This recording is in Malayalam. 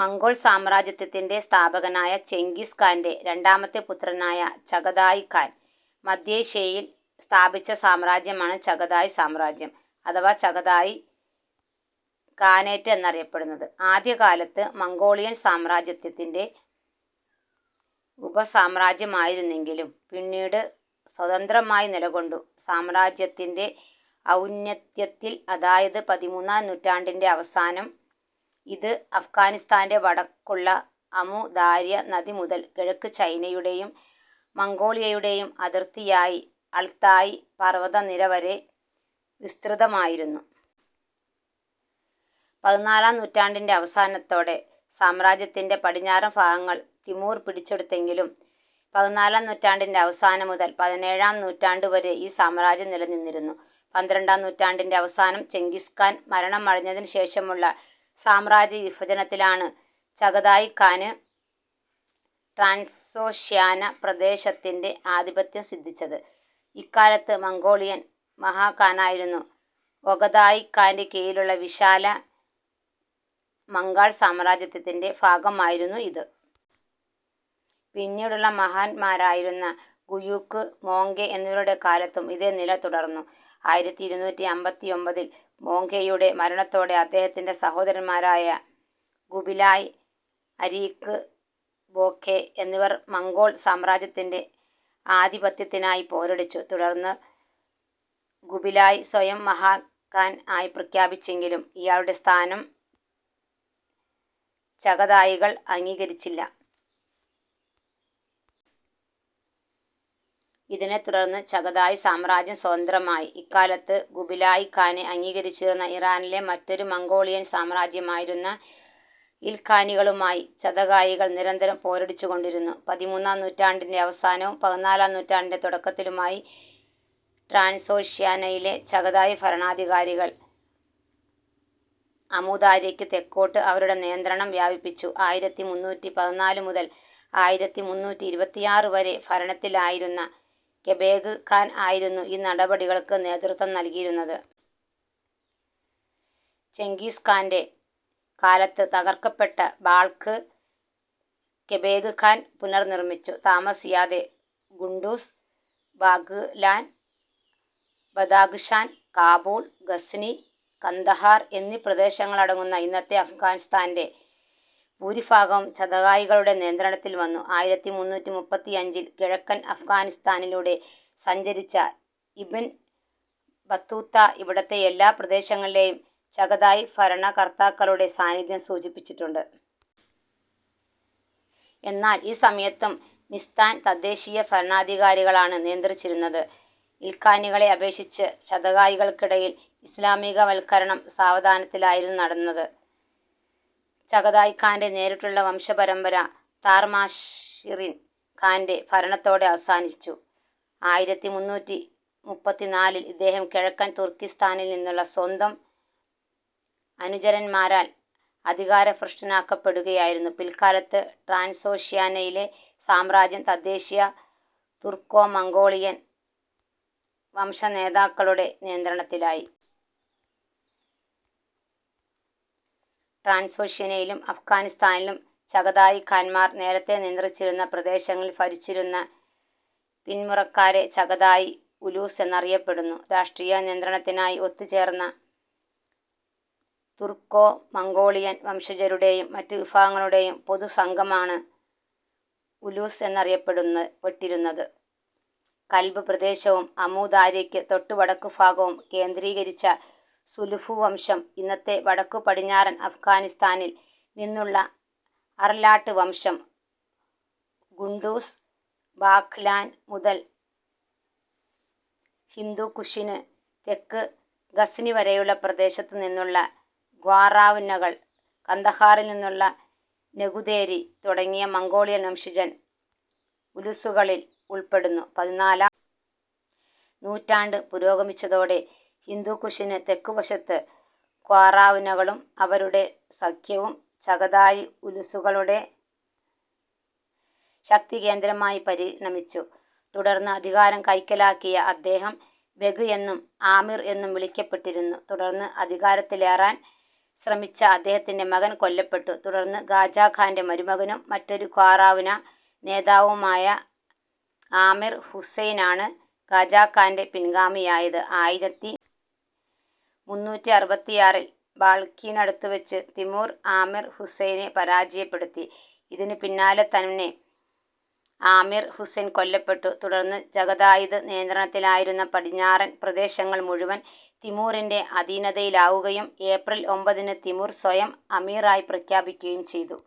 മംഗോൾ സാമ്രാജ്യത്തത്തിൻ്റെ സ്ഥാപകനായ ചെങ്കിസ് ഖാൻ്റെ രണ്ടാമത്തെ പുത്രനായ ചഗതായ് ഖാൻ മധ്യേഷ്യയിൽ സ്ഥാപിച്ച സാമ്രാജ്യമാണ് ചഗതായ് സാമ്രാജ്യം അഥവാ ചഗതായ് ഖാനേറ്റ് എന്നറിയപ്പെടുന്നത്. ആദ്യകാലത്ത് മംഗോളിയൻ സാമ്രാജ്യത്തത്തിൻ്റെ ഉപസാമ്രാജ്യമായിരുന്നെങ്കിലും പിന്നീട് സ്വതന്ത്രമായി നിലകൊണ്ടു. സാമ്രാജ്യത്തിൻ്റെ ഔന്നത്യത്തിൽ അതായത് പതിമൂന്നാം നൂറ്റാണ്ടിൻ്റെ അവസാനം ഇത് അഫ്ഗാനിസ്താൻ്റെ വടക്കുള്ള അമു ദാര്യ നദി മുതൽ കിഴക്ക് ചൈനയുടെയും മംഗോളിയയുടെയും അതിർത്തിയായ അൾതായ് പർവതനിര വരെ വിസ്തൃതമായിരുന്നു. പതിനാലാം നൂറ്റാണ്ടിൻ്റെ അവസാനത്തോടെ സാമ്രാജ്യത്തിൻ്റെ പടിഞ്ഞാറൻ ഫാഗങ്ങൾ തിമൂർ പിടിച്ചെടുത്തെങ്കിലും പതിനാലാം നൂറ്റാണ്ടിൻ്റെ അവസാനം മുതൽ പതിനേഴാം നൂറ്റാണ്ടുവരെ ഈ സാമ്രാജ്യം നിലനിന്നിരുന്നു. പന്ത്രണ്ടാം നൂറ്റാണ്ടിൻ്റെ അവസാനം ചെങ്കിസ് ഖാൻ മരണമടഞ്ഞതിനുശേഷമുള്ള സാമ്രാജ്യവിഫജനത്തിലാണ് ചഗതായ് ഖാന് ട്രാൻസോക്ഷ്യാന പ്രദേശത്തിൻ്റെ ആധിപത്യം സിദ്ധിച്ചത്. ഇക്കാലത്ത് മംഗോളിയൻ മഹാഖാനായിരുന്നു ഒഗതായ് ഖാൻ്റെ കീഴിലുള്ള വിശാല മംഗോൾ സാമ്രാജ്യത്തിൻ്റെ ഫാഗമായിരുന്നു ഇത്. പിന്നീടുള്ള മഹാഖാന്മാരായിരുന്ന ഗൂയൂക്ക്, മോങ്കെ എന്നിവരുടെ കാലത്തും ഇതേ നില തുടർന്നു. ആയിരത്തി ഇരുന്നൂറ്റി അമ്പത്തിയൊമ്പതിൽ മോങ്കെയുടെ മരണത്തോടെ അദ്ദേഹത്തിൻ്റെ സഹോദരന്മാരായ ഖുബിലായ്, അരീഖ് ബോഖെ എന്നിവർ മംഗോൾ സാമ്രാജ്യത്തിൻ്റെ ആധിപത്യത്തിനായി പോരടിച്ചു. തുടർന്ന് ഖുബിലായ് സ്വയം മഹാഖാൻ ആയി പ്രഖ്യാപിച്ചെങ്കിലും ഇയാളുടെ സ്ഥാനം ചഗതായികൾ അംഗീകരിച്ചില്ല. ഇതിനെത്തുടർന്ന് ചഗതായ് സാമ്രാജ്യം സ്വതന്ത്രമായി. ഇക്കാലത്ത് ഖുബിലായ് ഖാനെ അംഗീകരിച്ചിരുന്ന ഇറാനിലെ മറ്റൊരു മംഗോളിയൻ സാമ്രാജ്യമായിരുന്ന ഇൽഖാനികളുമായി ചഗതായികൾ നിരന്തരം പോരടിച്ചുകൊണ്ടിരുന്നു. പതിമൂന്നാം നൂറ്റാണ്ടിൻ്റെ അവസാനവും പതിനാലാം നൂറ്റാണ്ടിൻ്റെ തുടക്കത്തിലുമായി ട്രാൻസോക്ഷ്യാനയിലെ ചഗതായ് ഫരണാധികാരികൾ അമു ദാര്യക്ക് തെക്കോട്ട് അവരുടെ നിയന്ത്രണം വ്യാപിപ്പിച്ചു. ആയിരത്തി മൂന്നൂറ്റി പതിനാലു മുതൽ ആയിരത്തി മൂന്നൂറ്റി ഇരുപത്തിയാറ് വരെ ഫരണത്തിലിരുന്ന കെബെഗ് ഖാൻ ആയിരുന്നു ഈ നടപടികൾക്ക് നേതൃത്വം നൽകിയിരുന്നത്. ചെങ്കിസ് ഖാൻ്റെ കാലത്ത് തകർക്കപ്പെട്ട ബാൾഖ് കെബെഗ് ഖാൻ പുനർനിർമ്മിച്ചു. താമസിയാതെ ഖുണ്ടൂസ്, ബാഘ്ലാൻ, ബദാഖ്ശാൻ, കാബൂൾ, ഗസ്നി, കന്ദഹാർ എന്നീ പ്രദേശങ്ങളടങ്ങുന്ന ഇന്നത്തെ അഫ്ഗാനിസ്താൻ്റെ ഫൂരിഭാഗവും ചഗതായികളുടെ നിയന്ത്രണത്തിൽ വന്നു. ആയിരത്തി മുന്നൂറ്റി മുപ്പത്തിയഞ്ചിൽ കിഴക്കൻ അഫ്ഗാനിസ്താനിലൂടെ സഞ്ചരിച്ച ഇബ്ൻ ബത്തൂത്ത ഇവിടത്തെ എല്ലാ പ്രദേശങ്ങളിലെയും ചഗതായ് ഫരണകർത്താക്കളുടെ സാന്നിധ്യം സൂചിപ്പിച്ചിട്ടുണ്ട്. എന്നാൽ ഈ സമയത്തും സിസ്താൻ തദ്ദേശീയ ഫരണാധികാരികളാണ് നിയന്ത്രിച്ചിരുന്നത്. ഇൽഖാനികളെ അപേക്ഷിച്ച് ചഗതായികൾക്കിടയിൽ ഇസ്ലാമികവൽക്കരണം സാവധാനത്തിലായിരുന്നു നടന്നത്. ചഗതായ് ഖാൻ്റെ നേരിട്ടുള്ള വംശപരമ്പര താർമാഷിറിൻ ഖാൻ്റെ ഫരണത്തോടെ അവസാനിച്ചു. ആയിരത്തി മുന്നൂറ്റി മുപ്പത്തിനാലിൽ ഇദ്ദേഹം കിഴക്കൻ തുർക്കിസ്താനിൽ നിന്നുള്ള സ്വന്തം അനുചരന്മാരാൽ അധികാരഫ്രുഷ്ടനാക്കപ്പെടുകയായിരുന്നു. പിൽക്കാലത്ത് ട്രാൻസോക്ഷ്യാനയിലെ സാമ്രാജ്യം തദ്ദേശീയ തുർക്കോമംഗോളിയൻ വംശനേതാക്കളുടെ നിയന്ത്രണത്തിലായി. ട്രാൻസോക്ഷ്യാനയിലും അഫ്ഗാനിസ്താനിലും ചഗതായ് ഖാന്മാർ നേരത്തേ നിയന്ത്രിച്ചിരുന്ന പ്രദേശങ്ങളിൽ ഫരിച്ചിരുന്ന പിന്മുറക്കാരെ ചഗതായ് ഉലുസ് എന്ന് അറിയപ്പെടുന്നു. രാഷ്ട്രീയ നിയന്ത്രണത്തിനായി ഒന്നുചേർന്ന തുർക്കോമംഗോളിയൻ വംശജരുടെയും മറ്റുവിഫാഗങ്ങളുടെയും പൊതുസംഘമാണ് ഉലൂസ് എന്നറിയപ്പെടുന്നത് എന്നറിയപ്പെട്ടിരുന്നത്. ബൽഖ് പ്രദേശവും അമു ദാര്യക്ക് തൊട്ടു വടക്കുഭാഗവും കേന്ദ്രീകരിച്ച സുലൂഭു വംശം, ഇന്നത്തെ വടക്കുപടിഞ്ഞാറൻ അഫ്ഗാനിസ്താനിൽ നിന്നുള്ള അർലാട്ട് വംശം, ഖുണ്ടൂസ്, ബാഘ്ലാൻ മുതൽ ഹിന്ദുകുഷിന് തെക്ക് ഗസ്നി വരെയുള്ള പ്രദേശത്തുനിന്നുള്ള ഖ്വാറാവ്നകൾ, കന്ദഹാറിൽ നിന്നുള്ള നെഗുദേരി തുടങ്ങിയ മംഗോളിയൻ വംശജർ ഉലുസുകളിൽ ഉൾപ്പെടുന്നു. പതിനാലാം നൂറ്റാണ്ട് പുരോഗമിച്ചതോടെ ഹിന്ദുകുഷിന് തെക്കുവശത്ത് ഖ്വാറാവ്നകളും അവരുടെ സഖ്യവും ചഗതായ് ഉലുസുകളിലെ ശക്തികേന്ദ്രമായി പരിണമിച്ചു. തുടർന്ന് അധികാരം കൈക്കലാക്കിയ അദ്ദേഹം ബെഗ് എന്നും ആമിർ എന്നും വിളിക്കപ്പെട്ടിരുന്നു. തുടർന്ന് അധികാരത്തിലേറാൻ ശ്രമിച്ച അദ്ദേഹത്തിൻ്റെ മകൻ കൊല്ലപ്പെട്ടു. തുടർന്ന് ഖാജാഘാൻ്റെ മരുമകനും മറ്റൊരു ഖ്വാറാവ്ന നേതാവുമായ ആമിർ ഹുസൈനാണ് ഖാജാഘാൻ്റെ പിൻഗാമിയായത്. ആയിരത്തി മുന്നൂറ്റി അറുപത്തിയാറിൽ ബാൾഖിനടുത്തുവച്ച് തിമൂർ ആമിർ ഹുസൈനെ പരാജയപ്പെടുത്തി. ഇതിനു പിന്നാലെ തന്നെ ആമിർ ഹുസൈൻ കൊല്ലപ്പെട്ടു. തുടർന്ന് ചഗതായിദ് നിയന്ത്രണത്തിലായിരുന്ന പടിഞ്ഞാറൻ പ്രദേശങ്ങൾ മുഴുവൻ തിമൂറിൻ്റെ അധീനതയിലാവുകയും ഏപ്രിൽ ഒമ്പതിന് തിമൂർ സ്വയം അമീറായി പ്രഖ്യാപിക്കുകയും ചെയ്തു.